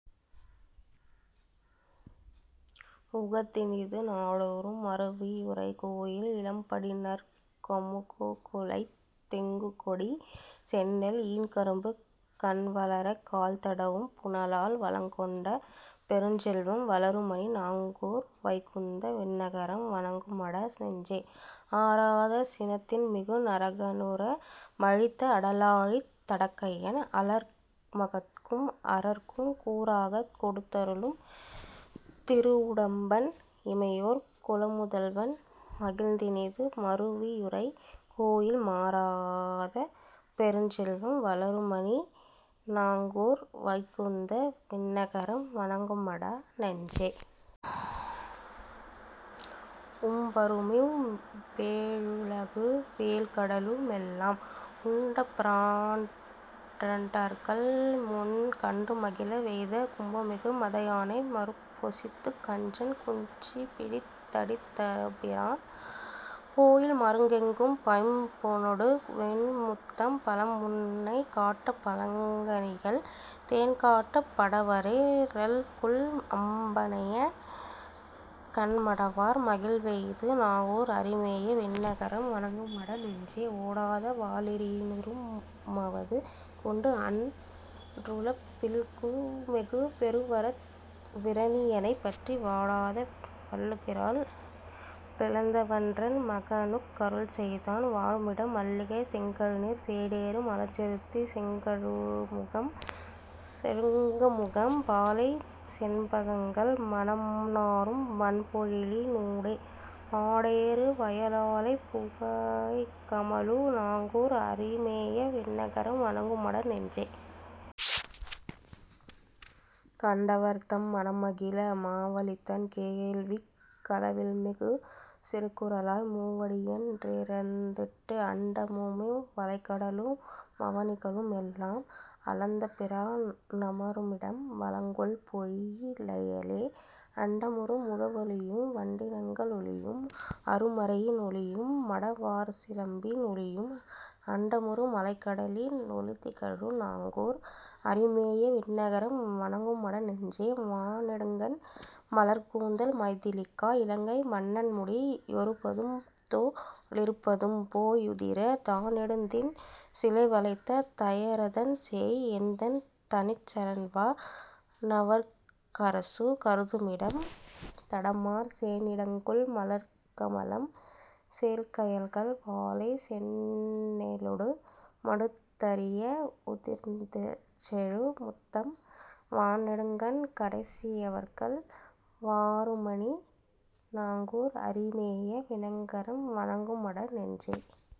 உகந்தினிது நாடோறும் மருவியுறை கோயில், இளம்படிநற் கமுகுகுலைத் தெங்குகொடிச் செந்நெல் ஈன்கரும்பு கண்வளரக் கால்தடவும் புனலால், வளங்கொண்ட பெருஞ்செல்வம் வளருமணி நாங்கூர் வைகுந்த விண்ணகரம் வணங்குமட நெஞ்சே.. ஆறாத சினத்தின்மிகு நரகனுர மழித்த அடலாழித் தடக்கையன் அலர்மகட்கும் அரற்கும், கூறாகக் கொடுத்தருளும் திருவுடம்பன் இமையோர் குலமுதல்வன் மகிழ்ந்தினிது மருவியுறை கோயில், மாறாத மலர்க்கமலம் செங்கழுநீர் ததும்பி மதுவெள்ள மொழுகவய லுழவர்மடை யடைப்ப, மாறாத பெருஞ்செல்வம் வளருமணி நாங்கூர் வைகுந்த விண்ணகரம் வணங்குமட நெஞ்சே.. உம்பருமிவ் வேழுலகு மேழ்கடலு மெல்லாம் உண்டபிரான்ண்டர்கள்முன் கண்டுமகிழ வெய்த, கும்பமிகு மதயானை மருப்பொசித்துக் கஞ்சன் குஞ்சிபிடித் தடித்தபிரான் கோயில், மருங் கெங்கும் பைம்பொனொடு வெண்முத்தம் பலபுன்னை காட்டப் பலங்கனிகள் தேன்காட்டப் படவரவே ரல்குல், அம்பனைய கண்மடவார் மகிழ்வெய்து நாங்கூர் அரிமேய விண்ணகரம் வணங்கும ட நெஞ்சே.. ஓடாத வாளரியி னுருவமது கொண்டு அன் றுலப்பில்மிகு பெருவரத்த விரணியனைப் பற்றி, வாடாத வள்ளுகிரால் பிளந்தவன்றன் மகனுக் கருள்செய்தான் வாழுமிடம் மல்லிகைசெங் கழுநீர், சேடேறு மலர்ச்செருந்தி செழுங்கமுகம் பாளை செண்பகங்கள் மணநாறும் வண்பொழிலி னூடே, ஆடேறு வயலாலைப் புகைகமழு நாங்கூர் அரிமேய விண்ணகரம் வணங்குமட நெஞ்சே.. கண்டவர்தம் மனம்மகிழ மாவலிதன் வேள்விக் களவில்மிகு சிறுகுறளாய் மூவடியென் றிரந்திட்டு, அண்டமுமிவ் வலைகடலு மவனிகளு மெல்லாம் அளந்தபிரா னமருமிடம் வளங்கொள்பொழி லயலே, அண்டமுறு முழவொலியும் வண்டினங்க ளொலியும் அருமறையி னொலியும்மட வார்சிலம்பி னொலியும், அண்டமுறு மலைகடலி னொலிதிகழு நாங்கூர் அரிமேய விண்ணகரம் வணங்குமட நெஞ்சே.. வாணெடுங்கண் மலர்க்கூந்தல் மைதிலிக்கா இலங்கை மன்னன்முடி யொருபதும்தோ ளிருபதும்போ யுதிர, தாணெடுந்தின் சிலைவளைத்த தயரதன்சேய் என்தன் தனிச்சரண்வா னவர்க்கரசு கருதுமிடம், தடமார் சேணிடங்கொள் மலர்க்கமலம் சேல்கயல்கள் வாளை செந்நெலொடு மடுத்தரிய வுதிர்ந்தசெழு முத்தம், வாணெடுங்கண் கடைசியர்கள் வாருமணி நாங்கூர் அரிமேய விண்ணகரம் வணங்குமட நெஞ்சே..